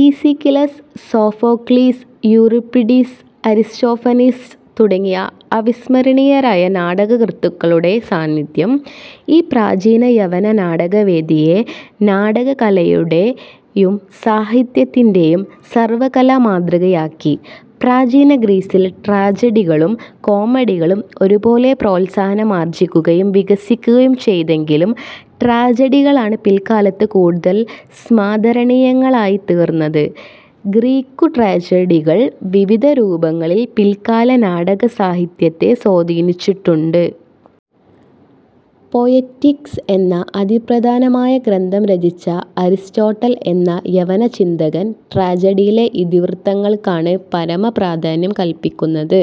Aeschylus, Sophocles, Euripides, Aristophanes തുടങ്ങിയ അവിസ്മരണീയരായ നാടകകൃത്തുക്കളുടെ സാന്നിധ്യം ഈ പ്രാചീന യവന നാടകവേദിയെ നാടകകലയുടെയും സാഹിത്യത്തിൻ്റെയും സർവകാലമാതൃകയാക്കി. പ്രാചീന ഗ്രീസിൽ ട്രാജഡികളും കോമഡികളും ഒരുപോലെ പ്രോത്സാഹനം ആർജിക്കുകയും വികസിക്കുകയും ചെയ്തെങ്കിലും ട്രാജഡികളാണ് പില്ക്കാലത്ത് കൂടുതൽ സമാദരണീയങ്ങളായിത്തീർന്നത്. ഗ്രീക്കുട്രാജഡികൾ വിവിധ രൂപങ്ങളിൽ പില്ക്കാല നാടകസാഹിത്യത്തെ സ്വാധീനിച്ചിട്ടുണ്ട്. പൊയറ്റിക്സ് എന്ന അതിപ്രധാനമായ ഗ്രന്ഥം രചിച്ച അരിസ്റ്റോട്ടൽ എന്ന യവനചിന്തകൻ ട്രാജഡിയിലെ ഇതിവൃത്തങ്ങൾക്കാണ് പരമപ്രാധാന്യം കല്പിക്കുന്നത്.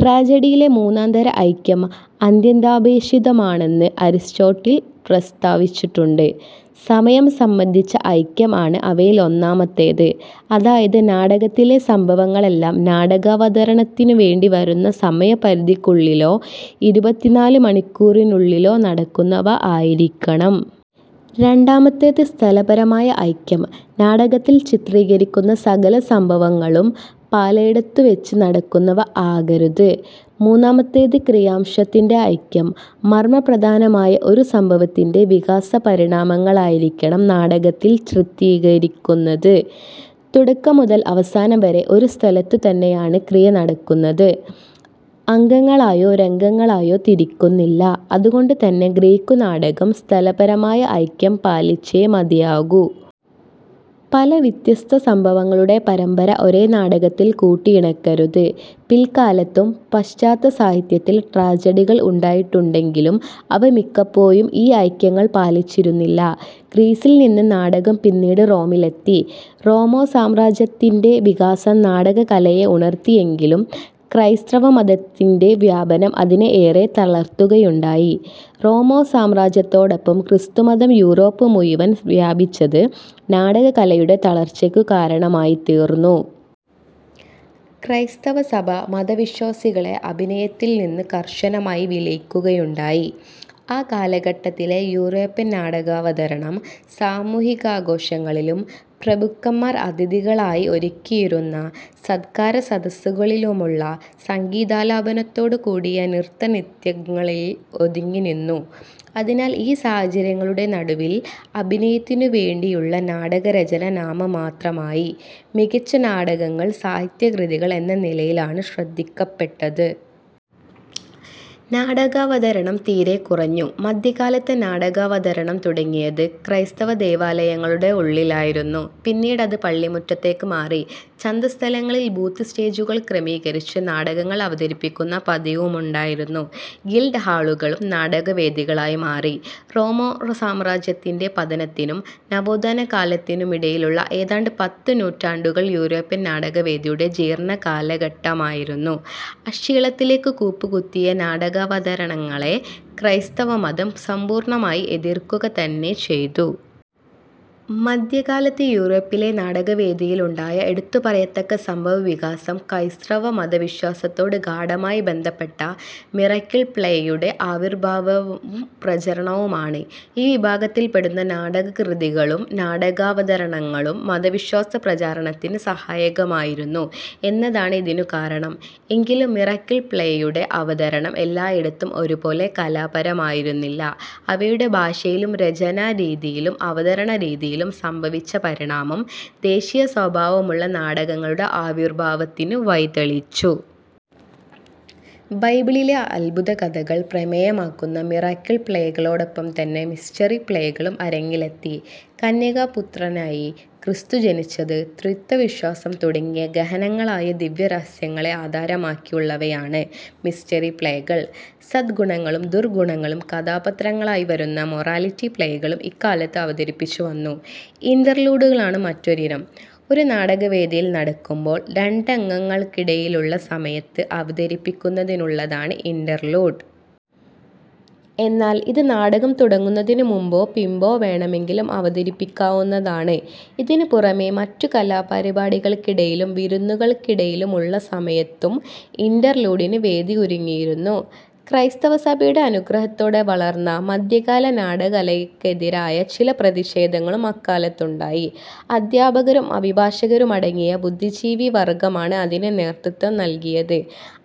ട്രാജഡിയിലെ മൂന്നുതരം ഐക്യം അത്യന്താപേക്ഷിതമാണെന്ന് അരിസ്റ്റോട്ടിൽ പ്രസ്താവിച്ചിട്ടുണ്ട്. സമയം സംബന്ധിച്ച ഐക്യം ആണ് അവയിൽ ഒന്നാമത്തേത്. അതായത് നാടകത്തിലെ സംഭവങ്ങളെല്ലാം നാടകാവതരണത്തിനുവേണ്ടി വരുന്ന സമയപരിധിക്കുള്ളിലോ ഇരുപത്തിനാലുമണിക്കൂറിനുള്ളിലോ നടക്കുന്നവ ആയിരിക്കണം. രണ്ടാമത്തേത് സ്ഥലപരമായ ഐക്യം. നാടകത്തിൽ ചിത്രീകരിക്കുന്ന സകല സംഭവങ്ങളും പലേടത്തുവച്ച് നടക്കുന്നവ ആകരുത്. മുന്നാമത്തേത് ക്രിയാംശത്തിൻ്റെ ഐക്യം മർമപ്രധാനമായ ഒരു സംഭവത്തിൻ്റെ വികാസപരിണാമങ്ങളായിരിക്കണം നാടകത്തിൽ ചിത്രീകരിക്കുന്നത്. തുടക്കം മുതൽ അവസാനം വരെ ഒരു സ്ഥലത്തുതന്നെയാണ് ക്രിയ നടക്കുന്നത്. അങ്കങ്ങളായോ രംഗങ്ങളായോ തിരിക്കുന്നില്ല. അതുകൊണ്ടുതന്നെ ഗ്രീക്കുനാടകം സ്ഥലപരമായ ഐക്യം പാലിച്ചേ മതിയാകൂ. പല വ്യത്യസ്ത സംഭവങ്ങളുടെ പരമ്പര ഒരേ നാടകത്തിൽ കൂട്ടിയിണക്കരുത്. പില്ക്കാലത്തും പാശ്ചാത്യസാഹിത്യത്തിൽ ട്രാജഡികൾ ഉണ്ടായിട്ടുണ്ടെങ്കിലും അവ മിക്കപ്പോഴും ഈ ഐക്യങ്ങൾ പാലിച്ചിരുന്നില്ല. ഗ്രീസിൽ നിന്ന് നാടകം പിന്നീട് റോമിലെത്തി, റോമാസാമ്രാജ്യത്തിൻ്റെ വികാസം നാടകകലയെ ഉണർത്തിയെങ്കിലും ക്രൈസ്തവമതത്തിൻ്റെ വ്യാപനം അതിനെ ഏറെ തളർത്തുകയുണ്ടായി. റോമാ സാമ്രാജ്യത്തോടൊപ്പം ക്രിസ്തുമതം യുറോപ്പ് മുഴുവൻ വ്യാപിച്ചത് നാടകകലയുടെ തളർച്ചയ്ക്കു കാരണമായിത്തീർന്നു. ക്രൈസ്തവസഭ മതവിശ്വാസികളെ അഭിനയത്തിൽ നിന്നു കർശനമായി വിലക്കുകയുണ്ടായി. ആ കാലഘട്ടത്തിലെ യൂറോപ്യൻ നാടകാവതരണം സാമൂഹികാഘോഷങ്ങളിലും പ്രഭുക്കന്മാർ അതിഥികൾക്കായി ഒരുക്കിയിരുന്ന സത്കാരസദസ്സുകളിലുമുള്ള സംഗീതാലാപനത്തോടു കൂടിയ നൃത്തനൃത്യങ്ങളിൽ ഒതുങ്ങിനിന്നു. അതിനാൽ ഈ സാഹചര്യങ്ങളുടെ നടുവിൽ അഭിനയത്തിനുവേണ്ടിയുള്ള നാടകരചന നാമമാത്രമായി. മികച്ച നാടകങ്ങൾ സാഹിത്യ കൃതികൾ എന്ന നിലയിലാണ് ശ്രദ്ധിക്കപ്പെട്ടത്. നാടകാവതരണം തീരെ കുറഞ്ഞു. മധ്യകാലത്ത് നാടകാവതരണം തുടങ്ങിയത് ക്രൈസ്തവദേവാലയങ്ങളുടെ ഉള്ളിലായിരുന്നു. പിന്നീട് അതു പള്ളിമുറ്റത്തേക്കു മാറി. ചന്തസ്ഥലങ്ങളിൽ ബൂത്ത് സ്റ്റേജുകൾ ക്രമീകരിച്ച് നാടകങ്ങൾ അവതരിപ്പിക്കുന്ന പതിവുമുണ്ടായിരുന്നു. ഗിൽഡ് ഹാളുകളും നാടകവേദികളായി മാറി. റോമാസാമ്രാജ്യത്തിൻ്റെ പതനത്തിനും നവോത്ഥാനകാലത്തിനുമിടയിലുള്ള ഏതാണ്ട് പത്ത് നൂറ്റാണ്ടുകൾ യൂറോപ്യൻ നാടകവേദിയുടെ ജീർണകാലഘട്ടമായിരുന്നു. അശ്ളീലത്തിലേക്ക് കൂപ്പുകുത്തിയ നാടകാവതരണങ്ങളെ ക്രൈസ്തവമതം സമ്പൂർണമായി എതിർക്കുകതന്നെ ചെയ്തു. മധ്യകാലത്ത് യുറോപ്പിലെ നാടകവേദിയിലുണ്ടായ എടുത്തുപറയത്തക്ക സംഭവവികാസം ക്രൈസ്തവ മതവിശ്വാസത്തോട് ഗാഢമായി ബന്ധപ്പെട്ട 'മിറക്കിൾ പ്ലേ'യുടെ ആവിർഭാവവും പ്രചാരവുമാണ്. ഈ വിഭാഗത്തിൽപ്പെടുന്ന നാടകകൃതികളും നാടകാവതരണങ്ങളും മതവിശ്വാസപ്രചാരണത്തിന് സഹായകമായിരുന്നു എന്നതാണ് ഇതിനു കാരണം. എങ്കിലും മിറക്കിൾ പ്ലേയുടെ അവതരണം എല്ലായിടത്തും ഒരുപോലെ കലാപരമായിരുന്നില്ല. അവയുടെ ഭാഷയിലും രചനാരീതിയിലും അവതരണരീതിയിലും സംഭവിച്ച പരിണാമം ദേശീയസ്വഭാവമുള്ള നാടകങ്ങളുടെ ആവിർഭാവത്തിന് വഴിതെളിച്ചു. ബൈബിളിലെ അത്ഭുതകഥകൾ പ്രമേയമാക്കുന്ന മിറക്കിൾ പ്ലേകളോടൊപ്പംതന്നെ മിസ്റ്ററി പ്ലേകളും അരങ്ങിലെത്തി. കന്യകാപുത്രനായി ക്രിസ്തു ജനിച്ചത്, ത്രിത്വ വിശ്വാസം തുടങ്ങിയ ഗഹനങ്ങളായ ദിവ്യരഹസ്യങ്ങളെ ആധാരമാക്കിയുള്ളവയാണ് മിസ്റ്ററി പ്ലേകൾ. സദ്ഗുണങ്ങളും ദുർഗുണങ്ങളും കഥാപാത്രങ്ങളായി വരുന്ന മൊറാലിറ്റി പ്ലേകളും ഇക്കാലത്ത് അവതരിപ്പിച്ചു വന്നു. ഇന്റർലൂഡുകളാണ് മറ്റൊരിനം. ഒരു നാടകം വേദിയിൽ നടക്കുമ്പോൾ രണ്ടങ്കങ്ങൾക്കിടയിലുള്ള സമയത്ത് അവതരിപ്പിക്കുന്നതിനുള്ളതാണ് ഇന്റർലൂഡ്. എന്നാൽ ഇത് നാടകം തുടങ്ങുന്നതിനുമുമ്പോ പിമ്പോ വേണമെങ്കിലും അവതരിപ്പിക്കാവുന്നതാണ്. ഇതിനുപുറമേ മറ്റു കലാപരിപാടികൾക്കിടയിലും വിരുന്നുകൾക്കിടയിലും ഉള്ള സമയത്തും ഇന്റർലൂഡിന് വേദി ഒരുങ്ങിയിരുന്നു. ക്രൈസ്തവസഭയുടെ അനുഗ്രഹത്തോടെ വളർന്ന മധ്യകാല നാടകകലയ്ക്കെതിരായ ചില പ്രതിഷേധങ്ങളും അക്കാലത്തുണ്ടായി. അധ്യാപകരും അഭിഭാഷകരുമടങ്ങിയ ബുദ്ധിജീവിവർഗമാണ് അതിന് നേതൃത്വം നല്കിയത്.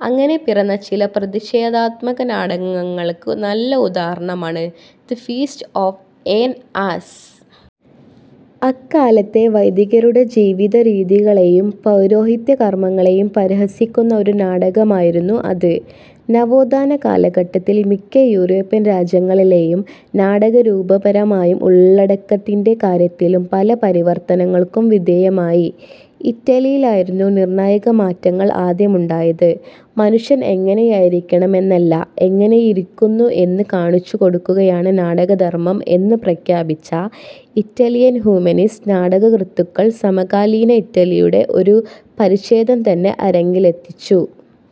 അങ്ങനെ പിറന്ന ചില പ്രതിഷേധാത്മക നാടകങ്ങൾക്ക് നല്ല ഉദാഹരണമാണ് the feast of an ass. അക്കാലത്തെ വൈദികരുടെ ജീവിതരീതികളെയും പൗരോഹിത്യകർമങ്ങളെയും പരിഹസിക്കുന്ന ഒരു നാടകമായിരുന്നു അത്. നവോത്ഥാനകാലഘട്ടത്തിൽ മിക്ക യൂറോപ്യൻ രാജ്യങ്ങളിലെയും നാടകം രൂപപരമായും ഉള്ളടക്കത്തിൻ്റെ കാര്യത്തിലും പല പരിവർത്തനങ്ങൾക്കും വിധേയമായി. ഇറ്റലിയിലായിരുന്നു നിർണായകമാറ്റങ്ങൾ ആദ്യമുണ്ടായത്. മനുഷ്യൻ എങ്ങനെയായിരിക്കണമെന്നല്ല എങ്ങനെയിരിക്കുന്നു എന്ന് കാണിച്ചുകൊടുക്കുകയാണ് നാടകധർമം എന്ന് പ്രഖ്യാപിച്ച ഇറ്റാലിയൻ ഹ്യൂമനിസ്റ്റ് നാടകകൃത്തുക്കൾ സമകാലീന ഇറ്റലിയുടെ ഒരു പരിഛേദംതന്നെ അരങ്ങിലെത്തിച്ചു.